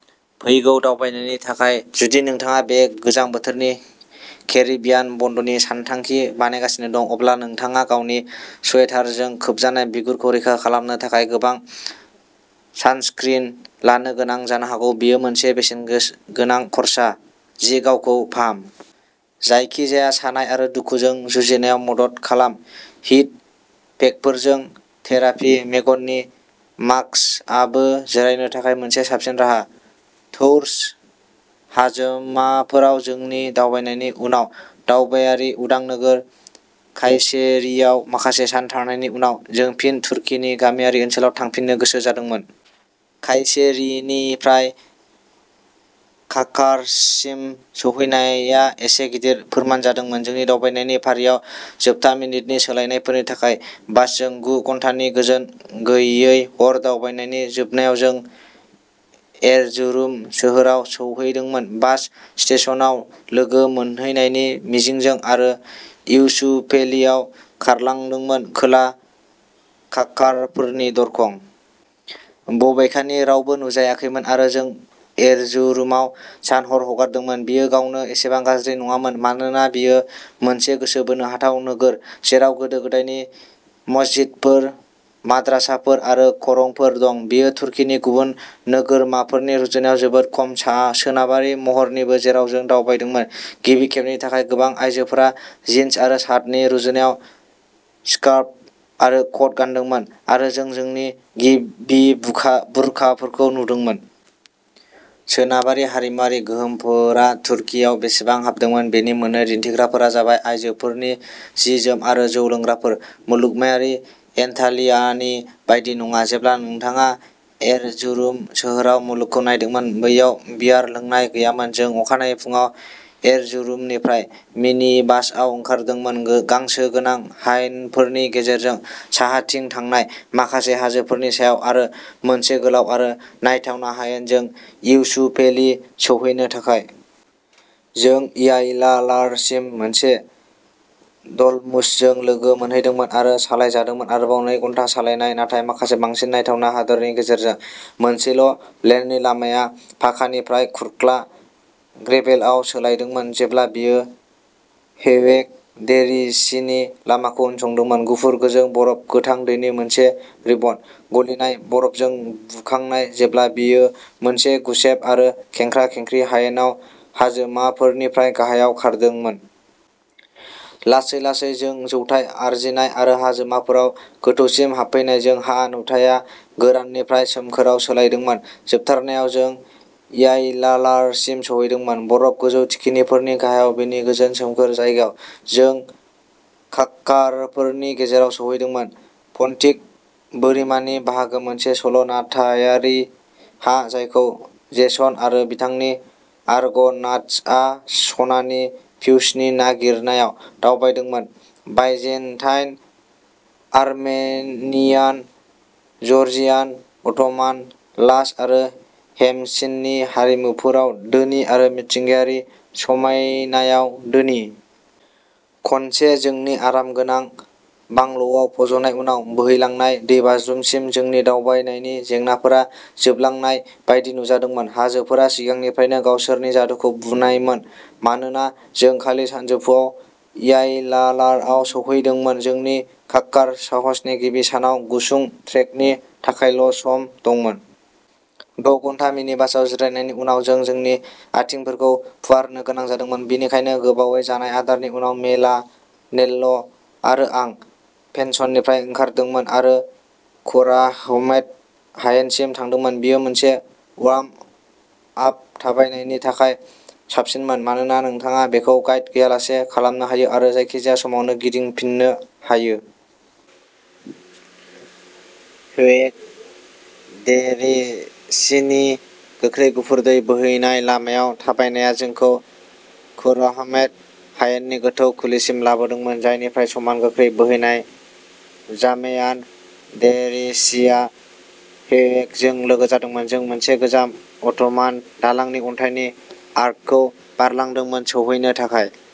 फैगौ दावबायनायनि थाखाय जुदि नोंथाङा बे गोजां बोथोराव केरिबियान बन्द'नि सानथांखि बानायगासिनो दं, अब्ला नोंथाङा गावनि स्वेटारजों खोबजानाय बिगुरखौ रैखा खालामनो थाखाय गोबां सानस्क्रिन लानो गोनां जानो हागौ। बेयो मोनसे बेसेनगोस गोनां खर्सा। जि गावखौ फाहाम। जायखिजाया सानाय आरो दुखुजों जुजिनायाव मदद खालाम हिट पेकफोरजों। थेरापि मेगननि मास्कआबो जिरायनो थाखाय मोनसे साबसिन राहा। टौरस हाजोमाफोराव जोंनि दावबायनायनि उनाव दावबायारि उदां नोगोर कायसेरीआव माखासे सान थानायनि उनाव, जों फिन तुर्कीनि गामियारि ओनसोलाव थांफिननो गोसो जादोंमोन। कायसेरीनिफ्राय काकार्ससिम सौहैनाया एसे गिदिर फोरमान जादोंमोन, जोंनि दावबायनायनि फारियाव जोबथा मिनिटनि सोलायनायफोरनि थाखाय। बासजों गु घन्टानि गोजोन गैयै हर दावबायनायनि जोबनायाव, जों एरजुरुम सोहोराव सौहैदोंमोन, बास स्टेशनआव लोगो मोनहैनायनि मिजिंजों। आरो इउसुफेलिआव खारलांदोंमोन, खोला काक्कारफोरनि दरखं। बबेखानि, रावबो नुजायाखैमोन आरो जों एरजुरुमाव सान-हर हगारदोंमोन। बेयो गावनो एसेबां गाज्रि नङामोन, मानोना बेयो मोनसे गोसो बोनो हाथाव नोगोर, जेराव गोदो-गोदायनि मस्जिदफोर, माद्रासाफोर आरो खरंफोर दं। बेयो तुर्कीनि गुबुन नोगोरमाफोरनि रुजुनायाव जोबोद खम सासोनाबारि महरनिबो, जेराव जों दावबायदोंमोन-गिबि खेबनि थाखाय गोबां आयजोफोरा जिन्स आरो शार्टनि रुजुनायाव स्कार्फ आरो कट गानदोंमोन, आरो जों जोंनि गिबि बुखा बुरखाफोरखौ नुदोंमोन। सोनाबारि हारिमुआरि गोहोमफोरा तुर्कीआव बेसेबां हाबदोंमोन बेनि मोननै दिन्थिग्राफोरा जाबाय आयजोफोरनि जि-जोम आरो जौ लोंग्राफोर-मुलुगमायारि एन्टालियानि बायदि नङा, जेब्ला नोंथाङा एरजुरुम सोहोराव मुलुगखौ नायदोंमोन, बैयाव बियार लोंनाय गैयामोन। जों अखानायै फुंआव एरजुरुमनिफ्राय मिनिबासआव ओंखारदोंमोन, गांसो गोनां हायेनफोरनि गेजेरजों साहाथिं थांनाय, माखासे हाजोफोरनि सायाव आरो मोनसे गोलाव आरो नायथावना हायेनजों इउसुफेलि सौहैनो थाखाय। जों यायलालारसिम मोनसे डल्मुसजों लोगो मोनहैदोंमोन आरो सालायजादोंमोन आरोबाव नै घन्टा सालायनाय, नाथाय माखासे बांसिन नायथावना हादोरनि गेजेरजों। मोनसेल' लेननि लामाया पाकानिफ्राय खुरख्ला ग्रेभेलआव सोलायदोंमोन जेब्ला बेयो हेवेक डेरेसिनि लामाखौ उनसंदोंमोन, गुफुर-गोजों बरफ गोथां दैनि मोनसे रिबन, गलिनाय बरफजों बुखांनाय, जेब्ला बेयो मोनसे गुसेब आरो खेंख्रा-खेंख्रि हायेनआव हाजोमाफोरनिफ्राय गाहायाव खारदोंमोन। लासै-लासै, जों जौथाय आरजिनाय आरो हाजोमाफोराव गोथौसिम हाबफैनायजों हा नुथाया गोराननिफ्राय सोमखोरआव सोलायदोंमोन, जोबथारनायाव जों यायलालारसिम सौहैदोंमोन, बरफ गोजौ थिखिनिफोरनि गाहायाव बेनि गोजोन सोमखोर जायगायाव। जों काक्कारफोरनि गेजेराव सौहैदोंमोन, पन्टिक बोरिमानि बाहागो मोनसे सल' नथायारि हा जायखौ जेसन आरो बिथांनि आर्ग'नाट्सआ सनानि फिउसनि नागिरनायाव दावबायदोंमोन, बाइजेन्टाइन, आर्मेनियान, जर्जियान, अट'मान, लाज आरो हेमसिननि हारिमुफोराव धोनि आरो मिथिंगायारि समायनायाव धोनि। खनसे जोंनि आरामगोनां बांल'आव फज'नाय उनाव बोहैलांनाय दैबाज्रुमसिम, जोंनि दावबायनायनि जेंनाफोरा जोबलांनाय बायदि नुजादोंमोन। हाजोफोरा सिगांनिफ्रायनो गावसोरनि जादुखौ बुनायमोन। मानोना जों खालि सानजौफुआव यायलालारआव सौहैदोंमोन, जोंनि काक्कार साहसनि गिबि सानाव गुसुं ट्रेकनि थाखायल'सम दंमोन। द' घन्टा मिनिबासआव जिरायनायनि उनाव जों जोंनि आथिंफोरखौ फुवारनो गोनां जादोंमोन, बेनिखायनो गोबावै जानाय आदारनि उनाव मेला नेल्ल' आरो आं पेन्सननिफ्राय ओंखारदोंमोन आरो कोराहमेट हायेनसिम थांदोंमोन। बेयो मोनसे वार्म आप थाबायनायनि थाखाय साबसिनमोन मानोना नोंथाङा बेखौ गाइड गैयालासे खालामनो हायो आरो जायखिजाया समावनो गिदिंफिन्नो हायो। हेवेक डेरेसिनि गोख्रै गुफुर दै बोहैनाय लामायाव थाबायनायआ जोंखौ कोराहमेट हायेननि गोथौ खुलिसिम लाबोदोंमोन, जायनिफ्राय समान गोख्रै बोहैनाय जामेवान डेरेसिआ हेवेकजों लोगो जादोंमोन। जों मोनसे गोजाम अट'मान दालांनि अन्थाइनि आर्कखौ बारलांदोंमोन सौहैनो थाखाय।